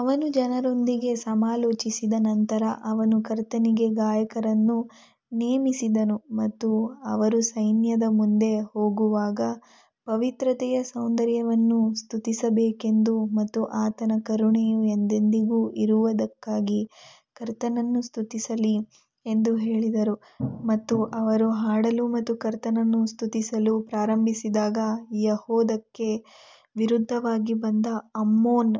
ಅವನು ಜನರೊಂದಿಗೆ ಸಮಾಲೋಚಿಸಿದ ನಂತರ ಅವನು ಕರ್ತನಿಗೆ ಗಾಯಕರನ್ನು ನೇಮಿಸಿದನು ಮತ್ತು ಅವರು ಸೈನ್ಯದ ಮುಂದೆ ಹೋಗುವಾಗ ಪವಿತ್ರತೆಯ ಸೌಂದರ್ಯವನ್ನು ಸ್ತುತಿಸಬೇಕೆಂದು ಮತ್ತು ಆತನ ಕರುಣೆಯು ಎಂದೆಂದಿಗೂ ಇರುವದಕ್ಕಾಗಿ ಕರ್ತನನ್ನು ಸ್ತುತಿಸಲಿ ಎಂದು ಹೇಳಿದರು. ಮತ್ತು ಅವರು ಹಾಡಲು ಮತ್ತು ಕರ್ತನನ್ನು ಸ್ತುತಿಸಲು ಪ್ರಾರಂಭಿಸಿದಾಗ ಯೆಹೂದಕ್ಕೆ ವಿರುದ್ಧವಾಗಿ ಬಂದ ಅಮ್ಮೋನ್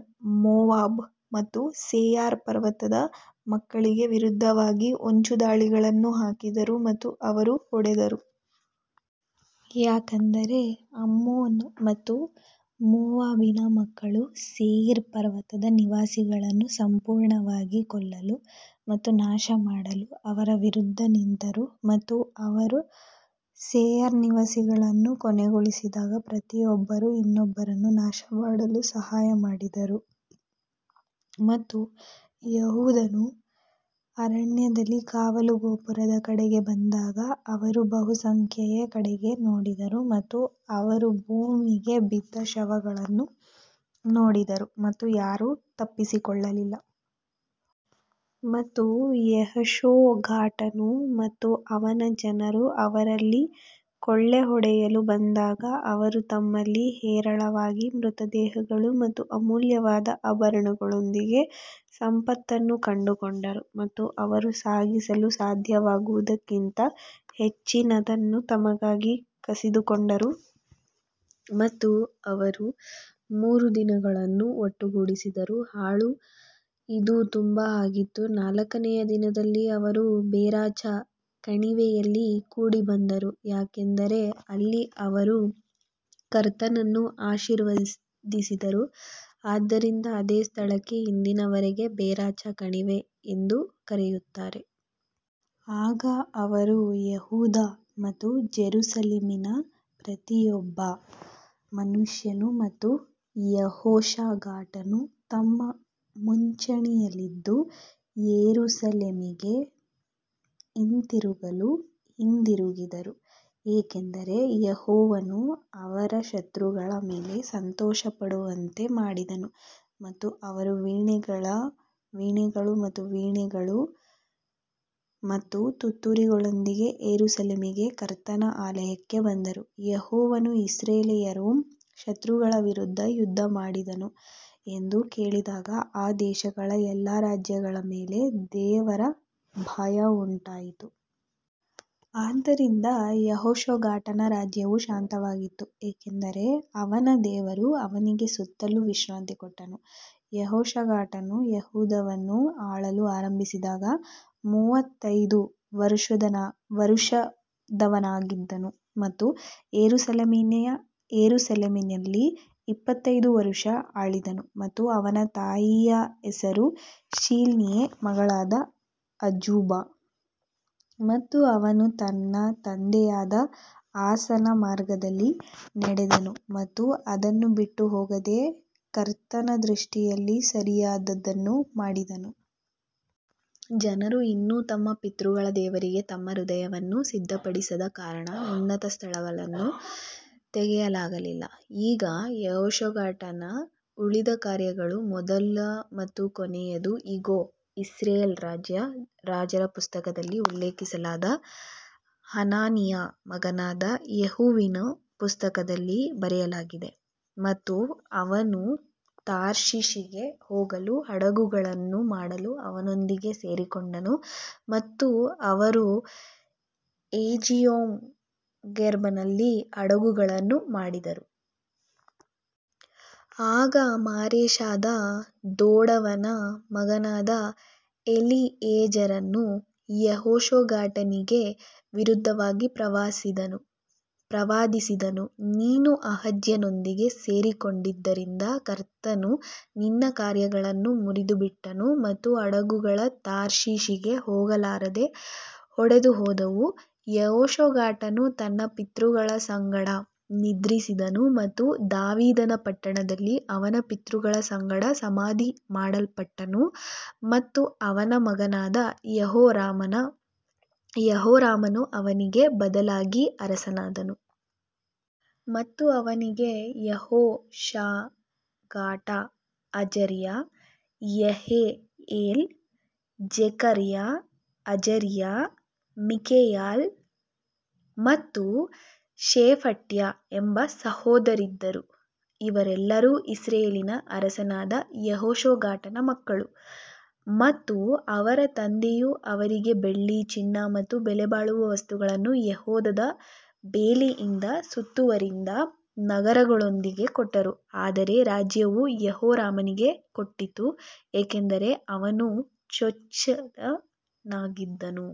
ಮೋವಾಬ್ ಮತ್ತು ಸೇಯರ್ ಪರ್ವತದ ಮಕ್ಕಳಿಗೆ ವಿರುದ್ಧವಾಗಿ ಹೊಂಚುದಾಳಿಗಳನ್ನು ಹಾಕಿದರು ಮತ್ತು ಅವರು ಹೊಡೆದರು. ಯಾಕಂದರೆ ಅಮ್ಮೋನ್ ಮತ್ತು ಮೋವಾಬಿನ ಮಕ್ಕಳು ಸೇಯಿರ್ ಪರ್ವತದ ನಿವಾಸಿಗಳನ್ನು ಸಂಪೂರ್ಣವಾಗಿ ಕೊಲ್ಲಲು ಮತ್ತು ನಾಶಮಾಡಲು ಅವರ ವಿರುದ್ಧ ನಿಂತರು ಮತ್ತು ಅವರು ಸೇಯಿರ್ ನಿವಾಸಿಗಳನ್ನು ಕೊನೆಗೊಳಿಸಿದಾಗ ಪ್ರತಿಯೊಬ್ಬರೂ ಇನ್ನೊಬ್ಬರನ್ನು ನಾಶಮಾಡಲು ಸಹಾಯ ಮಾಡಿದರು. ಮತ್ತು ಯೆಹೂದನು ಅರಣ್ಯದಲ್ಲಿ ಕಾವಲು ಗೋಪುರದ ಕಡೆಗೆ ಬಂದಾಗ ಅವರು ಬಹುಸಂಖ್ಯೆಯ ಕಡೆಗೆ ನೋಡಿದರು ಮತ್ತು ಅವರು ಭೂಮಿಗೆ ಬಿದ್ದ ಶವಗಳನ್ನು ನೋಡಿದರು ಮತ್ತು ಯಾರೂ ತಪ್ಪಿಸಿಕೊಳ್ಳಲಿಲ್ಲ. ಮತ್ತು ಯೆಹೋಷಾಫಾಟನು ಮತ್ತು ಅವನ ಜನರು ಅವರಲ್ಲಿ ಕೊಳ್ಳೆಹೊಡೆಯಲು ಬಂದಾಗ ಅವರು ತಮ್ಮಲ್ಲಿ ಹೇರಳವಾಗಿ ಮೃತದೇಹಗಳು ಮತ್ತು ಅಮೂಲ್ಯವಾದ ಆಭರಣಗಳೊಂದಿಗೆ ಸಂಪತ್ತನ್ನು ಕಂಡುಕೊಂಡರು ಮತ್ತು ಅವರು ಸಾಗಿಸಲು ಸಾಧ್ಯವಾಗುವುದಕ್ಕಿಂತ ಹೆಚ್ಚಿನದನ್ನು ತಮಗಾಗಿ ಕಸಿದುಕೊಂಡರು ಮತ್ತು ಅವರು ಮೂರು ದಿನಗಳನ್ನು ಒಟ್ಟುಗೂಡಿಸಿದರು. ಹಾಳು ಇದು ತುಂಬಾ ಆಗಿತ್ತು ನಾಲ್ಕನೆಯ ದಿನದಲ್ಲಿ ಅವರು ಬೆರಾಚಾ ಕಣಿವೆಯಲ್ಲಿ ಕೂಡಿಬಂದರು, ಯಾಕಂದರೆ ಅಲ್ಲಿ ಅವರು ಕರ್ತನನ್ನು ಆಶೀರ್ವದಿಸಿದರು, ಆದ್ದರಿಂದ ಅದೇ ಸ್ಥಳಕ್ಕೆ ಇಂದಿನ ವರೆಗೆ ಬೆರಾಚಾ ಕಣಿವೆ ಎಂದು ಕರೆಯುತ್ತಾರೆ. ಆಗ ಅವರು ಯೆಹೂದ ಮತ್ತು ಜೆರುಸಲೇಮಿನ ಪ್ರತಿಯೊಬ್ಬ ಮನುಷ್ಯನೂ ಮತ್ತು ಯೆಹೋಷಾಫಾಟನೂ ತಮ್ಮ ಮುಂಚೂಣಿಯಲ್ಲಿದ್ದು ಯೆರೂಸಲೇಮಿಗೆ ಹಿಂತಿರುಗಲು ಹಿಂದಿರುಗಿದರು, ಏಕೆಂದರೆ ಯೆಹೋವನು ಅವರ ಶತ್ರುಗಳ ಮೇಲೆ ಸಂತೋಷಪಡುವಂತೆ ಮಾಡಿದನು. ಮತ್ತು ಅವರು ವೀಣೆಗಳು ಮತ್ತು ವೀಣೆಗಳು ಮತ್ತು ತುತ್ತೂರಿಗಳೊಂದಿಗೆ ಯೆರೂಸಲೇಮಿಗೆ ಕರ್ತನ ಆಲಯಕ್ಕೆ ಬಂದರು. ಯೆಹೋವನು ಇಸ್ರಾಯೇಲ್ಯರ ಶತ್ರುಗಳ ವಿರುದ್ಧ ಯುದ್ಧಮಾಡಿದನು ಎಂದು ಕೇಳಿದಾಗ ಆ ದೇಶಗಳ ಎಲ್ಲಾ ರಾಜ್ಯಗಳ ಮೇಲೆ ದೇವರ ಭಯವುಂಟಾಯಿತು. ಆದ್ದರಿಂದ ಯೆಹೋಷಾಫಾಟನ ರಾಜ್ಯವು ಶಾಂತವಾಗಿತ್ತು, ಏಕೆಂದರೆ ಅವನ ದೇವರು ಅವನಿಗೆ ಸುತ್ತಲೂ ವಿಶ್ರಾಂತಿ ಕೊಟ್ಟನು ಯೆಹೋಷಾಫಾಟನು ಯೆಹೂದವನ್ನು ಆಳಲು ಆರಂಭಿಸಿದಾಗ ಮೂವತ್ತೈದು ವರುಷದವನಾಗಿದ್ದನು ಮತ್ತು ಯೆರೂಸಲೇಮಿನಲ್ಲಿ ಇಪ್ಪತ್ತೈದು ವರುಷ ಆಳಿದನು ಮತ್ತು ಅವನ ತಾಯಿಯ ಹೆಸರು ಶಿಲ್ಹಿಯ ಮಗಳಾದ ಅಜೂಬಾ. ಮತ್ತು ಅವನು ತನ್ನ ತಂದೆಯಾದ ಆಸನ ಮಾರ್ಗದಲ್ಲಿ ನಡೆದನು ಮತ್ತು ಅದನ್ನು ಬಿಟ್ಟು ಹೋಗದೆ ಕರ್ತನ ದೃಷ್ಟಿಯಲ್ಲಿ ಸರಿಯಾದದ್ದನ್ನು ಮಾಡಿದನು. ಜನರು ಇನ್ನೂ ತಮ್ಮ ಪಿತೃಗಳ ದೇವರಿಗೆ ತಮ್ಮ ಹೃದಯವನ್ನು ಸಿದ್ಧಪಡಿಸದ ಕಾರಣ ಉನ್ನತ ಸ್ಥಳಗಳನ್ನು ತೆಗೆಯಲಾಗಿಲ್ಲ. ಈಗ ಯೆಹೋಷಾಫಾಟನ ಉಳಿದ ಕಾರ್ಯಗಳು ಮೊದಲ ಮತ್ತು ಕೊನೆಯದು ಇಗೋ, ಇಸ್ರಾಯೇಲ್ ರಾಜರ ಪುಸ್ತಕದಲ್ಲಿ ಉಲ್ಲೇಖಿಸಲಾದ ಹನಾನಿಯ ಮಗನಾದ ಯೇಹುವಿನ ಪುಸ್ತಕದಲ್ಲಿ ಬರೆಯಲಾಗಿದೆ. ಮತ್ತು ಅವನು ತಾರ್ಷಿಷಿಗೆ ಹೋಗಲು ಹಡಗುಗಳನ್ನು ಮಾಡಲು ಅವನೊಂದಿಗೆ ಸೇರಿಕೊಂಡನು ಮತ್ತು ಅವರು ಎಜಿಯೋಂಗೆಬರ್ನಲ್ಲಿ ಹಡಗುಗಳನ್ನು ಮಾಡಿದರು. ಆಗ ಮಾರೇಷಾದ ದೋಡವನ ಮಗನಾದ ಎಲೀಯೇಜರನು ಯೆಹೋಷಾಫಾಟನಿಗೆ ವಿರುದ್ಧವಾಗಿ ಪ್ರವಾದಿಸಿದನು, ನೀನು ಅಹಜ್ಯನೊಂದಿಗೆ ಸೇರಿಕೊಂಡಿದ್ದರಿಂದ ಕರ್ತನು ನಿನ್ನ ಕಾರ್ಯಗಳನ್ನು ಮುರಿದುಬಿಟ್ಟನು ಮತ್ತು ಹಡಗುಗಳು ತಾರ್ಷೀಷಿಗೆ ಹೋಗಲಾರದೆ ಒಡೆದುಹೋದವು. ಯೆಹೋಷಾಫಾಟನು ತನ್ನ ಪಿತೃಗಳ ಸಂಗಡ ನಿದ್ರಿಸಿದನು ಮತ್ತು ದಾವೀದನ ಪಟ್ಟಣದಲ್ಲಿ ಅವನ ಪಿತೃಗಳ ಸಂಗಡ ಸಮಾಧಿಮಾಡಲ್ಪಟ್ಟನು ಮತ್ತು ಅವನ ಮಗನಾದ ಯೆಹೋರಾಮನು ಅವನಿಗೆ ಬದಲಾಗಿ ಅರಸನಾದನು. ಮತ್ತು ಅವನಿಗೆ ಯೆಹೋಷಾಫಾಟ ಅಜರ್ಯ, ಯೆಹಿಯೇಲ್, ಜೆಕರ್ಯ, ಅಜರ್ಯ, ಮಿಕಾಯೇಲ್ ಮತ್ತು ಶೆಫಟ್ಯ ಎಂಬ ಸಹೋದರರಿದ್ದರು, ಇವರೆಲ್ಲರೂ ಇಸ್ರಾಯೇಲಿನ ಅರಸನಾದ ಯೆಹೋಷಾಫಾಟನ ಮಕ್ಕಳು. ಮತ್ತು ಅವರ ತಂದೆಯು ಅವರಿಗೆ ಬೆಳ್ಳಿ, ಚಿನ್ನ ಮತ್ತು ಬೆಲೆಬಾಳುವ ವಸ್ತುಗಳನ್ನು ಯೆಹೂದದ ಬೇಲಿಯಿಂದ ಸುತ್ತುವರಿದ ನಗರಗಳೊಂದಿಗೆ ಕೊಟ್ಟರು ಆದರೆ ರಾಜ್ಯವು ಯೆಹೋರಾಮನಿಗೆ ಕೊಟ್ಟಿತು ಏಕೆಂದರೆ ಅವನು ಚೊಚ್ಚಲನಾಗಿದ್ದನು.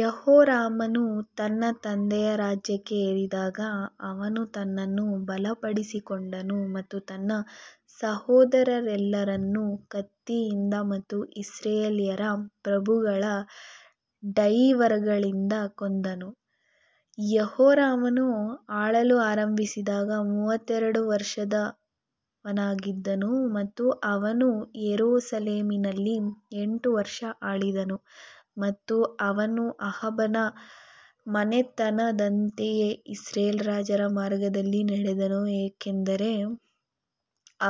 ಯೆಹೋರಾಮನು ತನ್ನ ತಂದೆಯ ರಾಜ್ಯಕ್ಕೆ ಏರಿದಾಗ ಅವನು ತನ್ನನ್ನು ಬಲಪಡಿಸಿಕೊಂಡನು ಮತ್ತು ತನ್ನ ಸಹೋದರರೆಲ್ಲರನ್ನು ಕತ್ತಿಯಿಂದ ಮತ್ತು ಇಸ್ರಾಯೇಲ್ಯರ ಪ್ರಭುಗಳ ಡೈವರ್ಗಳಿಂದ ಕೊಂದನು. ಯೆಹೋರಾಮನು ಆಳಲು ಆರಂಭಿಸಿದಾಗ ಮೂವತ್ತೆರಡು ವರ್ಷದವನಾಗಿದ್ದನು ಮತ್ತು ಅವನು ಯೆರೂಸಲೇಮಿನಲ್ಲಿ ಎಂಟು ವರ್ಷ ಆಳಿದನು. ಮತ್ತು ಅವನು ಅಹಾಬನ ಮನೆತನದಂತೆಯೇ ಇಸ್ರಾಯೇಲ್ ರಾಜರ ಮಾರ್ಗದಲ್ಲಿ ನಡೆದನು, ಯಾಕಂದರೆ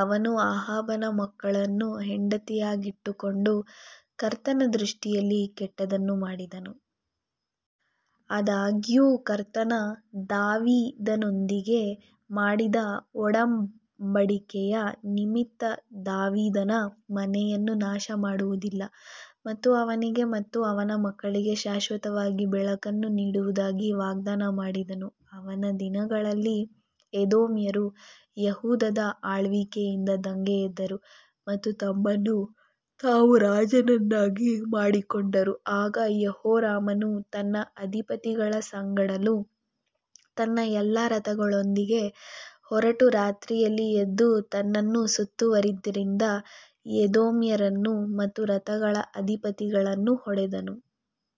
ಅವನು ಅಹಾಬನ ಮಗಳನ್ನು ಹೆಂಡತಿಯಾಗಿಟ್ಟುಕೊಂಡು ಕರ್ತನ ದೃಷ್ಟಿಯಲ್ಲಿ ಕೆಟ್ಟದ್ದನ್ನು ಮಾಡಿದನು. ಆದಾಗ್ಯೂ ಕರ್ತನು ದಾವೀದನೊಂದಿಗೆ ಮಾಡಿದ ಒಡಂಬಡಿಕೆಯ ನಿಮಿತ್ತ ದಾವೀದನ ಮನೆಯನ್ನು ನಾಶಮಾಡುವುದಿಲ್ಲ ಮತ್ತು ಅವನಿಗೆ ಮತ್ತು ಅವನ ಮಕ್ಕಳಿಗೆ ಶಾಶ್ವತವಾಗಿ ಬೆಳಕನ್ನು ನೀಡುವುದಾಗಿ ವಾಗ್ದಾನ ಮಾಡಿದನು. ಅವನ ದಿನಗಳಲ್ಲಿ ಎದೋಮ್ಯರು ಯೆಹೂದದ ಆಳ್ವಿಕೆಯಿಂದ ದಂಗೆ ಎದ್ದರು ಮತ್ತು ತಮ್ಮನ್ನು ತಾವು ರಾಜನನ್ನಾಗಿ ಮಾಡಿಕೊಂಡರು ಆಗ ಯೆಹೋರಾಮನು ತನ್ನ ಅಧಿಪತಿಗಳ ಸಂಗಡಲೂ ತನ್ನ ಎಲ್ಲಾ ರಥಗಳೊಂದಿಗೆ ಹೊರಟು ರಾತ್ರಿಯಲ್ಲಿ ಎದ್ದು ತನ್ನನ್ನು ಸುತ್ತುವರಿದಿದ್ದ ಎದೋಮ್ಯರನ್ನು ಮತ್ತು ರಥಗಳ ಅಧಿಪತಿಗಳನ್ನು ಹೊಡೆದನು.